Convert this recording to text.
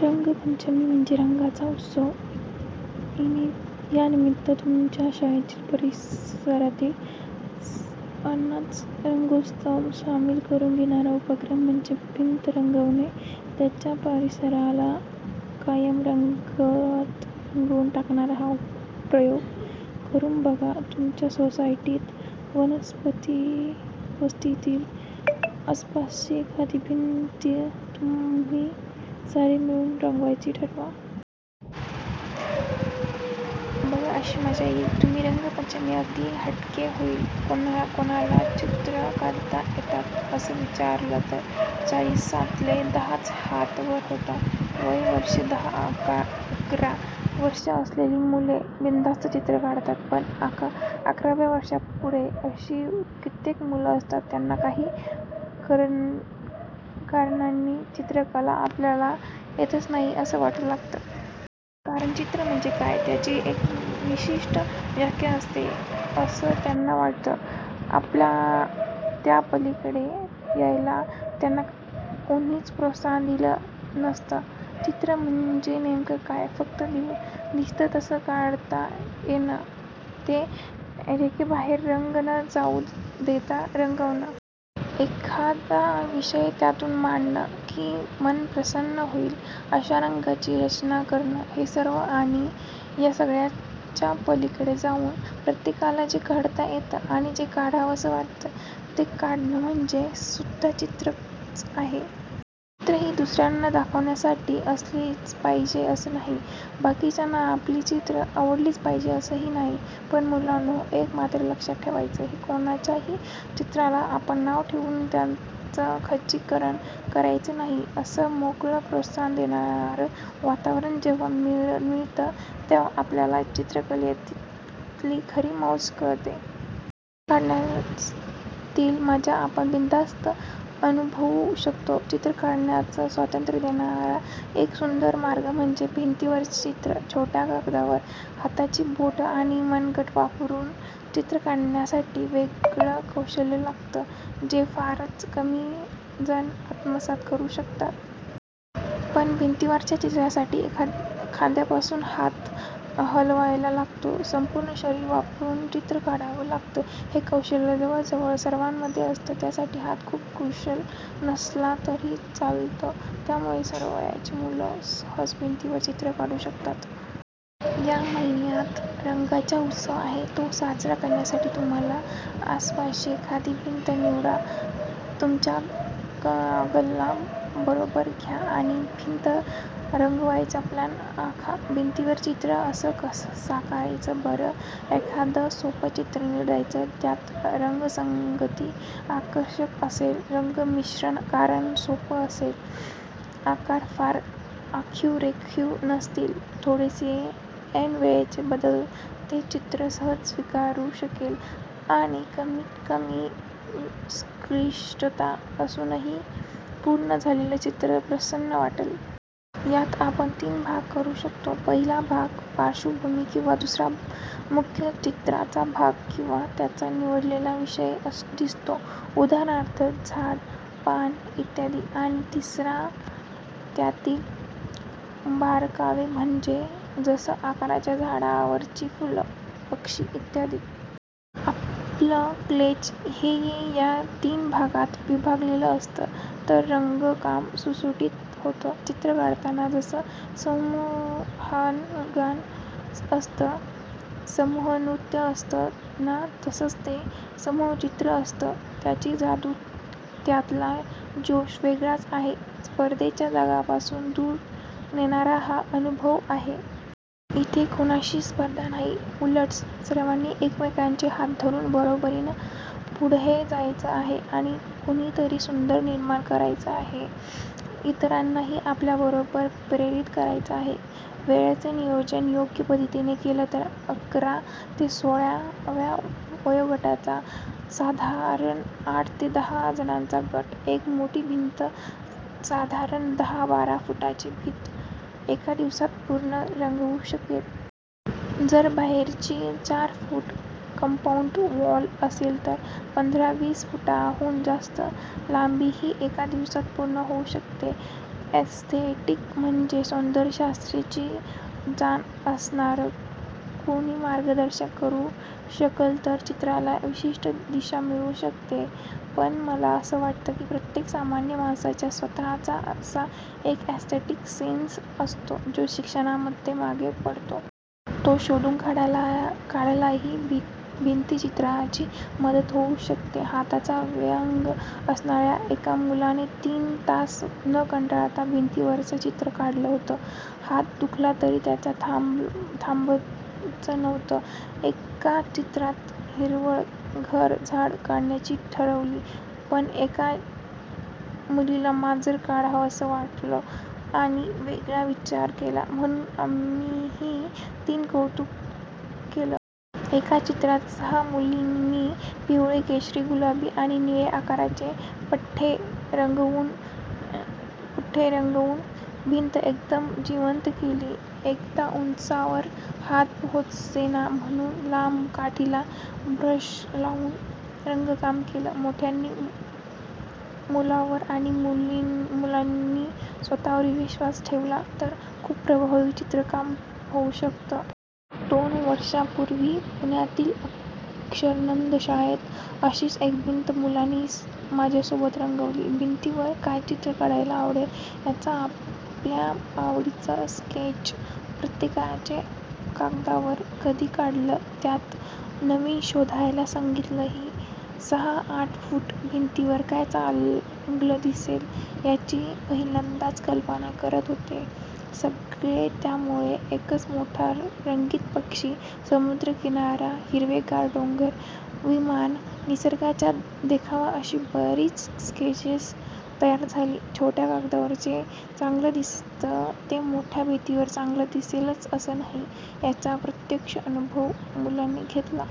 रंगपंचमी म्हणजे रंगांचा उत्सव. यानिमित्त तुमच्या शाळेतील, परिसरातील सर्वांनाच रंगोत्सवात सामील करून घेणारा उपक्रम म्हणजे भिंत रंगवणे. तुमच्या परिसराला कायम रंगांत रंगवून टाकणारा हा प्रयोग करून बघा! तुमच्या सोसायटीतील, वस्तीतील, आसपासची एखादी भिंत तुम्ही सारे मिळून रंगवायचे ठरवा. बघा, कशी मजा येईल! तुमची रंगपंचमी अगदी हटके होईल... 'कोणाकोणाला चित्र काढता येतात?' असं विचारलं तर चाळिसातले दहाच हात वर होतात. वय वर्षे दहा-अकरा पर्यंत असलेली मुले बिनधास्त चित्रं काढतात, पण अकराव्या वर्षापुढे अशी कित्येक मुलं असतात ज्यांना काही कारणांनी चित्रकला आपल्याला येतच नाही असं वाटू लागतं. कारण चित्र म्हणजे काय, याची एक विशिष्ट व्याख्या असते, असं त्यांना वाटतं. त्यापलीकडे जायला त्यांना कोणीच प्रोत्साहन दिलेलं नसतं. चित्र म्हणजे नेमकं काय? फक्त दिसतं तसं काढता येणं? की रेघेबाहेर रंग न जाऊ देता रंगवणं? एखादा विषय त्यातून मांडणं? की मन प्रसन्न होईल अशा रंगांची रचना करणं? हे सर्व आणि या सगळ्याच्या पलीकडे जाऊन प्रत्येकाला जे काढता येतं आणि जे काढावंसं वाटतं ते काढणं म्हणजे सुद्धा चित्रच आहेत. चित्र ही दुसऱ्यांना दाखवण्यासाठी असलीच पाहिजेत असं नाही. बाकीच्यांना आपली चित्र आवडलीच पाहिजेत असंही नाही. पण मुलांनो, एक मात्र लक्षात ठेवायचं हं, कोणाच्याही चित्राला आपण नावं ठेवून त्यांचं खच्चीकरण करायचं नाही. असं मोकळं, प्रोत्साहन देणारं वातावरण जेव्हा मिळतं, तेव्हा आपल्याला चित्रकलेतली खरी मौज कळते. चित्रं काढण्यातील मजा आपण बिनधास्त अनुभवू शकतो. चित्र काढण्याचं स्वातंत्र्य देणारा एक सुंदर मार्ग म्हणजे भिंतीवरची चित्रं. छोट्या कागदावर हाताची बोटं आणि मनगट वापरून चित्र काढण्यासाठी वेगळं कौशल्य लागतं, जे फारच कमी जण आत्मसात करू शकतात. पण भिंतीवरच्या चित्रांसाठी खांद्यापासून हात हलवावा लागतो, संपूर्ण शरीर वापरून चित्र काढावं लागतं. हे कौशल्य जवळ जवळ सर्वांमध्ये असतं. त्यासाठी हात खूप कुशल नसला तरी चालतं. त्यामुळे सर्व वयाची मुलं सहज भिंतीवर चित्र काढू शकतात. या महिन्यात रंगांचा उत्सव आहे. तो साजरा करण्यासाठी तुमच्या आसपासची एखादी भिंत निवडा. तुमच्या गँगला बरोबर घ्या आणि भिंत रंगवण्याचा प्लॅन आखा. भिंतीवर चित्रं कसं साकारायचं बरं? -एखादं सोपं चित्र निवडायचं, ज्यात रंगसंगती आकर्षक असेल, रंगमिश्रण करणं सोपं असेल, आकार फार आखीव-रेखीव नसतील, थोडेसे ऐन वेळचे बदल ते चित्र सहज स्वीकारू शकेल आणि कमीत कमी क्लिष्टता असूनही पूर्ण झालेलं चित्र प्रसन्न वाटेल. यात आपण तीन भाग करू शकतो- पहिला भाग पार्श्वभूमी किंवा, दुसरा मुख्य चित्राचा भाग किंवा, ज्यात निवडलेला विषय दिसतो... उदाहरणार्थ झाडं, पानं इत्यादी, आणि तिसरा त्यातील बारकावे म्हणजे जसं आकारांच्या, झाडांवरची फुलं, पक्षी इत्यादी. आपलं स्केच हे या तीन भागांत विभागलेलं असलं तर रंगकाम सुटसुटीत होतं. चित्र काढताना जसं समूहगान असतं, समूहनृत्य असतं ना, तसंच हे समूहचित्र असतं. त्याची जादू, त्यातला जोश वेगळाच आहे. स्पर्धेच्या जगापासून दूर नेणारा हा अनुभव आहे. इथे कोणाशीच स्पर्धा नाही. उलट सर्वांनी एकमेकांचे हात धरून बरोबरीनं पुढे जायचं आहे आणि काहीतरी सुंदर निर्माण करायचं आहे. इतरांनाही आपल्याबरोबर प्रेरित करायचं आहे. वेळेचं नियोजन योग्य पद्धतीने केलं तर अकरा ते सोळा वयोगटाचा साधारण आठ ते दहा जणांचा गट एक मोठी भिंत- साधारण दहा-बारा फूटांची भिंत, एका दिवसात पूर्ण रंगवू शकेल. जर बाहेरची चार फुटी कम्पाउंड वॉल असेल तर पंधरा-वीस फुटांहून जास्त लांबीही एका दिवसात पूर्ण होऊ शकते. एस्थेटिक म्हणजे सौंदर्यशास्त्राची जाण असणारं कोणी मार्गदर्शन करू शकलं तर चित्राला विशिष्ट दिशा मिळू शकते. पण मला असं वाटतं की प्रत्येक सामान्य माणसाचा स्वतःचा असा एक एस्थेटिक सेन्स असतो, जो शिक्षणामध्ये मागे पडतो. तो शोधून काढायलाही भित्तीचित्रांची मदत होऊ शकते. हाताला व्यंग असणाऱ्या एका मुलाने तीन तास न कंटाळता भिंतीवरचं चित्र काढलं होतं. हात दुखला तरी त्याला थांबायचं नव्हतं. एका चित्रात हिरवळ, घर, झाडं काढायची ठरली, पण एका मुलीला मांजर काढावसं वाटलं आणि वेगळा विचार केला म्हणून आम्हीही तिचं कौतुक केलं. एका चित्रात सहा मुलींनी पिवळे, केशरी, गुलाबी आणि निळे आकाशाचे पट्टे रंगवून भिंत एकदम जिवंत केली. एकदा उंचावर हात पोचेना म्हणून लांब काठीला ब्रश लावून रंगकाम केलं. मोठ्यांनी मुलांवर आणि मुलांनी स्वतःवर विश्वास ठेवला, तर खूप प्रभावी चित्रकाम होऊ शकतं. दोन वर्षांपूर्वी पुण्यातील 'अक्षरनंदन' शाळेत अशीच एक भिंत मुलांनी माझ्यासोबत रंगवली. भिंतीवर काय चित्र काढायला आवडेल याचं आपल्या आवडीचं स्केच प्रत्येकाने कागदावर आधी काढलं. त्यात नवीन शोधायला सांगितली. सहा-आठ फुटी भिंतीवर काय चांगलं दिसेल याची पहिल्यांदाच कल्पना करत होते सगळे. त्यामुळे एकच मोठा रंगीत पक्षी, समुद्रकिनारा, हिरवेगार डोंगर, विमान, निसर्गाचा देखावा अशी बरीच स्केचेस तयार झाली. छोट्या कागदावर जे चांगलं दिसतं ते मोठ्या भिंतीवर चांगलं दिसेलच असं नाही, याचा प्रत्यक्ष अनुभव मुलांनी घेतला.